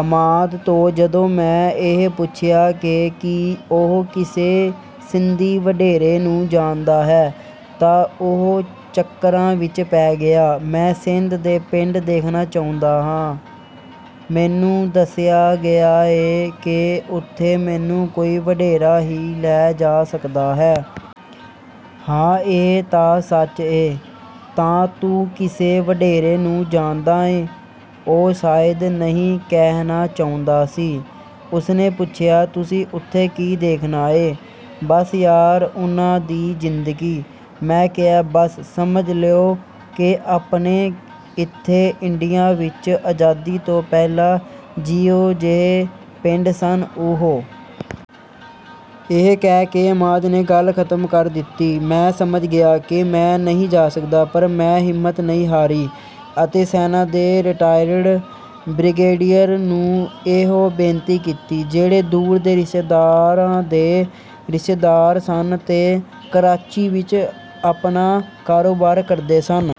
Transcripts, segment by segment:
ਅਮਾਦ ਤੋਂ ਜਦੋਂ ਮੈਂ ਇਹ ਪੁੱਛਿਆ ਕਿ ਕੀ ਉਹ ਕਿਸੇ ਸਿੰਧੀ ਵਡੇਰੇ ਨੂੰ ਜਾਣਦਾ ਹੈ ਤਾਂ ਉਹ ਚੱਕਰਾਂ ਵਿਚ ਪੈ ਗਿਆ। “ਮੈਂ ਸਿੰਧ ਦੇ ਪਿੰਡ ਦੇਖਣਾ ਚਾਹੁੰਦਾ ਆਂ। ਮੈਨੂੰ ਦੱਸਿਆ ਗਿਆ ਏ ਕਿ ਉੱਥੇ ਮੈਨੂੰ ਕੋਈ ਵਡੇਰਾ ਹੀ ਲੈ ਜਾ ਸਕਦਾ ਹੈ।” “ਹਾਂ, ਇਹ ਤਾਂ ਸੱਚ ਏ।” “ਤਾਂ ਤੂੰ ਕਿਸੇ ਵਡੇਰੇ ਨੂੰ ਜਾਣਦਾ ਏਂ?” ਉਹ ਸ਼ਾਇਦ ‘ਨਹੀਂ’ ਕਹਿਣਾ ਚਾਹੁੰਦਾ ਸੀ। ਉਸਨੇ ਪੁੱਛਿਆ, “ਤੁਸੀਂ ਉੱਥੇ ਕੀ ਦੇਖਣਾ ਏਂ?” “ਬਸ ਯਾਰ, ਉਹਨਾਂ ਦੀ ਜ਼ਿੰਦਗੀ।” ਮੈਂ ਕਿਹਾ। “ਬਸ ਸਮਝ ਲਓ ਕਿ ਆਪਣੇ ਇੱਥੇ, ਇੰਡੀਆ ਵਿਚ ਆਜ਼ਾਦੀ ਤੋਂ ਪਹਿਲਾਂ ਜਿਹੋ-ਜਿਹੇ ਪਿੰਡ ਸਨ, ਓਹੋ-ਜਿਹੇ ਹੀ ਸਿੰਧ ਵਿਚ ਅੱਜ ਤੱਕ ਹਨ।” ਇਹ ਕਹਿ ਕੇ ਅਮਾਦ ਨੇ ਗੱਲ ਖਤਮ ਕਰ ਦਿੱਤੀ। ਮੈਂ ਸਮਝ ਗਿਆ ਕਿ ਮੈਂ ਨਹੀਂ ਜਾ ਸਕਦਾ, ਪਰ ਮੈਂ ਹਿੰਮਤ ਨਹੀਂ ਹਾਰੀ ਅਤੇ ਸੈਨਾ ਦੇ ਰਿਟਾਇਰਡ ਬ੍ਰਿਗੇਡੀਅਰ ਨੂੰ ਇਹੋ ਬੇਨਤੀ ਕੀਤੀ, ਜਿਹੜੇ ਦੂਰ ਦੇ ਰਿਸ਼ਤੇਦਾਰਾਂ ਦੇ ਰਿਸ਼ਤੇਦਾਰ ਸਨ ਤੇ ਕਰਾਚੀ ਵਿਚ ਆਪਣਾ ਕਾਰੋਬਾਰ ਕਰਦੇ ਸਨ।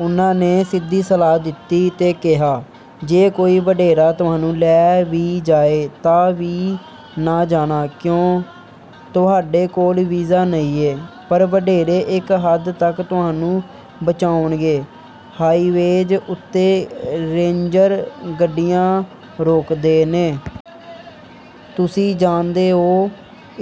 ਉਹਨਾਂ ਨੇ ਸਿੱਧੀ ਸਲਾਹ ਦਿੱਤੀ ਤੇ ਕਿਹਾ, “ਜੇ ਕੋਈ ਵਡੇਰਾ ਤੁਹਾਨੂੰ ਲੈ ਵੀ ਜਾਏ ਤਾਂ ਵੀ ਨਾ ਜਾਣਾ।” “ਕਿਉਂ?” “ਤੁਹਾਡੇ ਕੋਲ ਵੀਜ਼ਾ ਨਹੀਂ ਏ।” “ਪਰ ਵਡੇਰੇ...” “ਇਕ ਹੱਦ ਤਕ ਤੁਹਾਨੂੰ ਬਚਾਉਣਗੇ... ਹਾਈਵੇਜ਼ ਉੱਤੇ ਰੇਂਜਰ ਗੱਡੀਆਂ ਰੋਕਦੇ ਨੇ... ਤੁਸੀਂ ਜਾਣਦੇ ਓ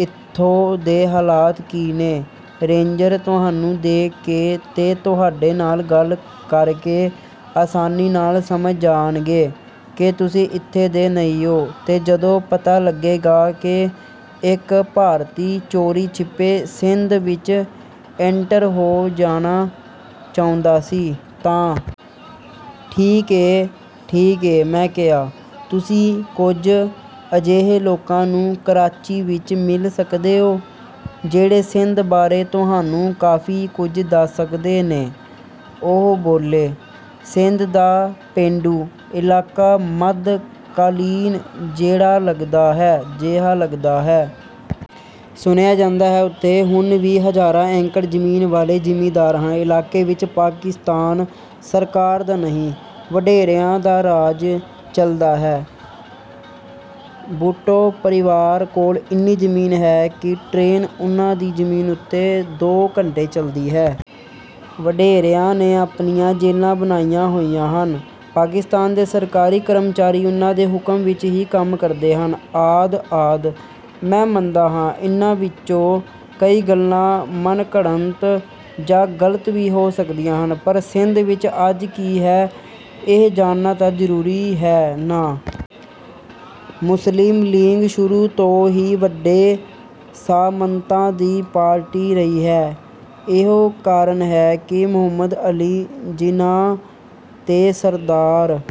ਇੱਥੋਂ ਦੇ ਹਾਲਾਤ ਕੀ ਨੇ... ਰੇਂਜਰ ਤੁਹਾਨੂੰ ਦੇਖ ਕੇ ਤੇ ਤੁਹਾਡੇ ਨਾਲ ਗੱਲ ਕਰਕੇ ਆਸਾਨੀ ਨਾਲ ਸਮਝ ਜਾਣਗੇ ਕਿ ਤੁਸੀਂ ਇੱਥੇ ਦੇ ਨਹੀਂ ਓ ਤੇ ਜਦੋਂ ਪਤਾ ਲੱਗੇਗਾ ਕਿ ਇਕ ‘ਭਾਰਤੀ’ ਚੋਰੀ-ਛਿੱਪੇ ਸਿੰਧ ਵਿਚ ਇੰਟਰ ਹੋ ਜਾਣਾ ਚਾਹੁੰਦਾ ਸੀ ਤਾਂ...।” “ਠੀਕ ਏ... ਠੀਕ ਏ...” ਮੈਂ ਕਿਹਾ। “ਤੁਸੀਂ ਕੁਝ ਅਜਿਹੇ ਲੋਕਾਂ ਨੂੰ ਕਰਾਚੀ ਵਿਚ ਮਿਲ ਸਕਦੇ ਓ, ਜਿਹੜੇ ਸਿੰਧ ਬਾਰੇ ਤੁਹਾਨੂੰ ਕਾਫ਼ੀ ਕੁਝ ਦੱਸ ਸਕਦੇ ਨੇ।” ਉਹ ਬੋਲੇ। ਸਿੰਧ ਦਾ ਪੇਂਡੂ ਇਲਾਕਾ ਮੱਧ-ਕਾਲੀਨ ਜਿਹਾ ਲੱਗਦਾ ਹੈ। ਸੁਣਿਆ ਜਾਂਦਾ ਹੈ, ਉੱਥੇ ਹੁਣ ਵੀ ਹਜ਼ਾਰਾਂ ਏਕੜ ਜ਼ਮੀਨ ਵਾਲੇ ਜ਼ਿਮੀਂਦਾਰ ਹਨ। ਇਲਾਕੇ ਵਿਚ ਪਾਕਿਸਤਾਨ ਸਰਕਾਰ ਦਾ ਨਹੀਂ, ਵਡੇਰਿਆਂ ਦਾ ਰਾਜ ਚੱਲਦਾ ਹੈ। ਭੁੱਟੋ ਪਰਿਵਾਰ ਕੋਲ ਇੰਨੀ ਜ਼ਮੀਨ ਹੈ ਕਿ ਟਰੇਨ ਉਹਨਾਂ ਦੀ ਜ਼ਮੀਨ ਉੱਤੇ ਦੋ ਘੰਟੇ ਚੱਲਦੀ ਹੈ। ਵਡੇਰਿਆਂ ਨੇ ਆਪਣੀਆਂ ਜੇਲ੍ਹਾਂ ਬਣਾਈਆਂ ਹੋਈਆਂ ਹਨ। ਪਾਕਿਸਤਾਨ ਦੇ ਸਰਕਾਰੀ ਕਰਮਚਾਰੀ ਉਹਨਾਂ ਦੇ ਹੁਕਮ ਵਿਚ ਹੀ ਕੰਮ ਕਰਦੇ ਹਨ ਆਦਿ-ਆਦਿ। ਮੈਂ ਮੰਨਦਾ ਹਾਂ, ਇਹਨਾਂ ਵਿਚੋਂ ਕਈ ਗੱਲਾਂ ਮਨਘੜੰਤ ਜਾਂ ਗ਼ਲਤ ਵੀ ਹੋ ਸਕਦੀਆਂ ਹਨ, ਪਰ ਸਿੰਧ ਵਿਚ ਅੱਜ ਕੀ ਹੈ, ਇਹ ਜਾਣਨਾ ਤਾਂ ਜ਼ਰੂਰੀ ਹੈ ਨਾ। ਮੁਸਲਿਮ ਲੀਂਗ ਸ਼ੁਰੂ ਤੋਂ ਹੀ ਵੱਡੇ ਸਾਮੰਤਾਂ ਦੀ ਪਾਰਟੀ ਰਹੀ ਹੈ। ਇਹੋ ਕਾਰਨ ਹੈ ਕਿ ਮੁਹੰਮਦ ਅਲੀ ਜਿਨਾਹ ਤੇ ਸਰਦਾਰ...